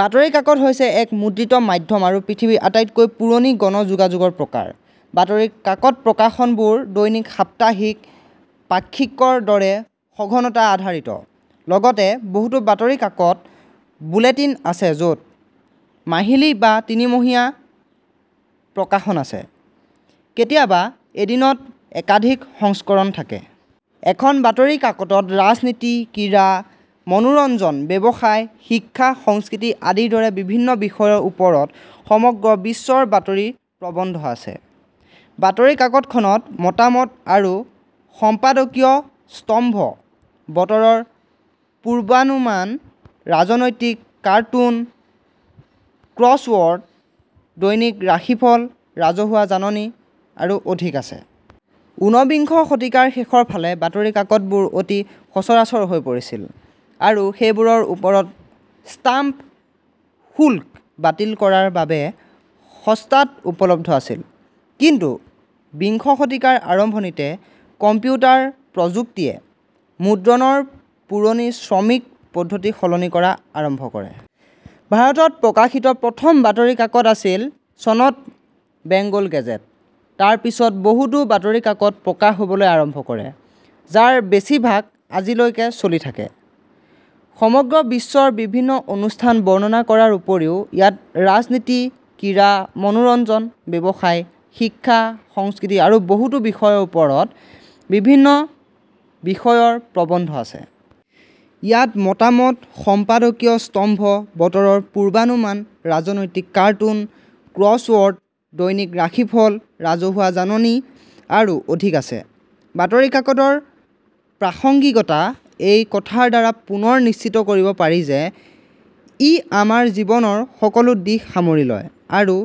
বাতৰি কাকত হৈছে এক মুদ্ৰিত মাধ্যম আৰু পৃথিৱীৰ আটাইতকৈ পুৰণি গণ যোগাযোগৰ প্ৰকাৰ। বাতৰি কাকতপ্ৰকাশনবোৰ দৈনিক, সাপ্তাহিক, পাক্ষিকৰ দৰে সঘনতা-আধাৰিত। লগতে, বহুতো বাতৰি কাকত বুলেটিন আছে য'ত মাহিলী বা তিনিমহীয়া প্ৰকাশন আছে। কেতিয়াবা এদিনত একাধিক সংস্কৰণ থাকে। এখন বাতৰি কাকতত ৰাজনীতি, ক্ৰীড়া, মনোৰঞ্জন, ব্যৱসায়, শিক্ষা, সংস্কৃতি আদিৰ দৰে বিভিন্ন বিষয়ৰ ওপৰত সমগ্ৰ বিশ্বৰ বাতৰি প্ৰৱন্ধ আছে। বাতৰি কাকতখনত মতামত আৰু সম্পাদকীয় স্তম্ভ, বতৰৰ পূৰ্বানুমান, ৰাজনৈতিক কাৰ্টুন, ক্ৰছৱৰ্ড, দৈনিক ৰাশিফল, ৰাজহুৱা জাননী আৰু অধিক আছে। উনবিংশ শতিকাৰ শেষৰ ফালে, বাতৰি কাকতবোৰ অতি সচৰাচৰ হৈ পৰিছিল আৰু সেইবোৰৰ ওপৰত ষ্টাম্প শুল্ক বাতিল কৰাৰ বাবে সস্তাত উপলব্ধ আছিল। কিন্তু, বিংশ শতিকাৰ আৰম্ভণিতে, কম্পিউটাৰ প্ৰযুক্তিয়ে মুদ্ৰণৰ পুৰণি শ্ৰমিক পদ্ধতিসলনি কৰা আৰম্ভ কৰে। ভাৰতত প্ৰকাশিত প্ৰথম বাতৰি কাকতআছিল চনত বেংগল গেজেট। তাৰ পিছত বহুতো বাতৰি কাকত প্ৰকাশ হ'বলৈ আৰম্ভ কৰে, যাৰ বেছিভাগ আজিলৈকে চলি থাকে। সমগ্ৰ বিশ্বৰ বিভিন্ন অনুষ্ঠান বৰ্ণনা কৰাৰ উপৰিও, ইয়াত ৰাজনীতি, ক্ৰীড়া, মনোৰঞ্জন, ব্যৱসায়, শিক্ষা, সংস্কৃতি আৰু বহুতো বিষয়ৰ ওপৰত বিভিন্ন বিষয়ৰ প্ৰবন্ধ আছে। ইয়াত মতামত, সম্পাদকীয় স্তম্ভ, বতৰৰ পূৰ্বানুমান, ৰাজনৈতিক কাৰ্টুন, ক্ৰছৱৰ্ড, দৈনিক ৰাশিফল, ৰাজহুৱা জাননী আৰু অধিক আছে। বাতৰি কাকতৰ প্ৰাসংগিকতা এই কথাৰ দ্বাৰা পুনৰ নিশ্চিত কৰিব পাৰি যে ই আমাৰ জীৱনৰ সকলো দিশ সামৰি লয় আৰু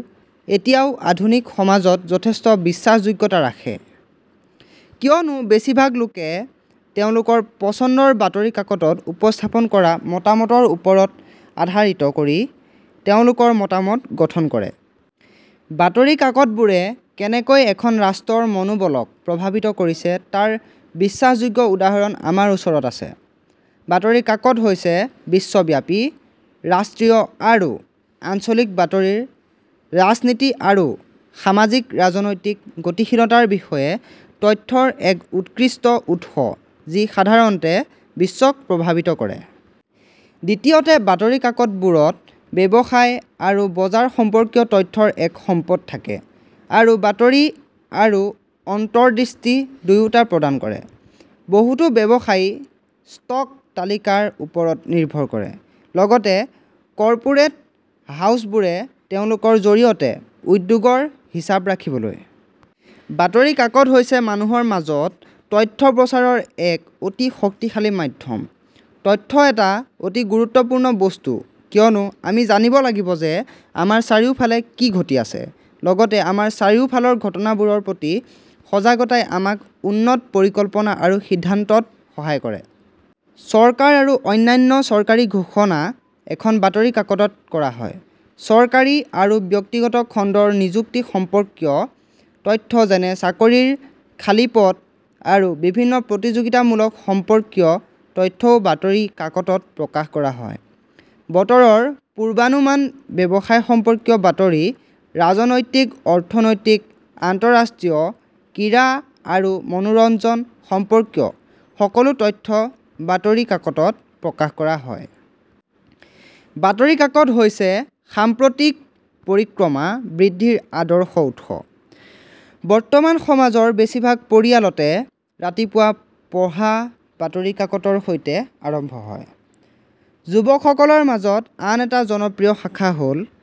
এতিয়াও আধুনিক সমাজত যথেষ্ট বিশ্বাসযোগ্যতা ৰাখে, কিয়নো বেছিভাগ লোকে তেওঁলোকৰ পচন্দৰ বাতৰি কাকতত উপস্থাপন কৰা মতামতৰ ওপৰত আধাৰিত কৰি তেওঁলোকৰ মতামত গঠন কৰে। বাতৰি কাকতবোৰে কেনেকৈ এখন ৰাষ্ট্ৰৰ মনোবলক প্ৰভাৱিত কৰিছে তাৰ বিশ্বাসযোগ্য উদাহৰণ আমাৰ ওচৰত আছে। বাতৰি কাকত হৈছে বিশ্বব্যাপী, ৰাষ্ট্ৰীয় আৰু আঞ্চলিক বাতৰিৰ ৰাজনীতি আৰু সামাজিক-ৰাজনৈতিক গতিশীলতাৰ বিষয়ে তথ্যৰ এক উৎকৃষ্ট উৎস যি সাধাৰণতে বিশ্বক প্ৰভাৱিত কৰে। দ্বিতীয়তে, বাতৰি কাকতবোৰত ব্যৱসায় আৰু বজাৰ সম্পৰ্কীয় তথ্যৰ এক সম্পদ থাকে আৰু বাতৰি আৰু অন্তৰ্দৃষ্টি দুয়োটা প্ৰদান কৰে, বহুতো ব্যৱসায়ী ষ্টক তালিকাৰ ওপৰত নিৰ্ভৰ কৰে, লগতে কৰ্পোৰেট হাউচবোৰে তেওঁলোকৰ জৰিয়তে উদ্যোগৰ হিচাপ ৰাখিবলৈ। বাতৰি কাকত হৈছে মানুহৰ মাজত তথ্য প্ৰচাৰৰ এক অতি শক্তিশালী মাধ্যম। তথ্য এটা অতি গুৰুত্বপূৰ্ণ বস্তু কিয়নো আমি জানিব লাগিব যে আমাৰ চাৰিওফালে কি ঘটি আছে। লগতে, আমাৰ চাৰিওফালৰ ঘটনাবোৰৰ প্ৰতি সজাগতাই আমাক উন্নত পৰিকল্পনা আৰু সিদ্ধান্তত সহায় কৰে। চৰকাৰ আৰু অন্যান্য চৰকাৰী ঘোষণা এখন বাতৰি কাকতত কৰা হয়। চৰকাৰী আৰু ব্যক্তিগত খণ্ডৰ নিযুক্তি সম্পৰ্কীয় তথ্য যেনে চাকৰিৰ খালী পদ আৰু বিভিন্ন প্ৰতিযোগিতামূলক সম্পৰ্কীয় তথ্যও বাতৰি কাকতত প্ৰকাশ কৰা হয়। বতৰৰ পূৰ্বানুমান, ব্যৱসায় সম্পৰ্কীয় বাতৰি, ৰাজনৈতিক, অৰ্থনৈতিক, আন্তঃৰাষ্ট্ৰীয়, ক্ৰীড়া আৰু মনোৰঞ্জন সম্পৰ্কীয় সকলো তথ্য বাতৰি কাকতত প্ৰকাশ কৰা হয়। বাতৰি কাকত হৈছে সাম্প্ৰতিক পৰিক্ৰমা বৃদ্ধিৰ আদৰ্শ উৎস। বৰ্তমান সমাজৰ বেছিভাগ পৰিয়ালতে, ৰাতিপুৱা পঢ়া বাতৰি কাকতৰ সৈতে আৰম্ভ হয়। যুৱকসকলৰ মাজত আন এটা জনপ্ৰিয় শাখা হ'ল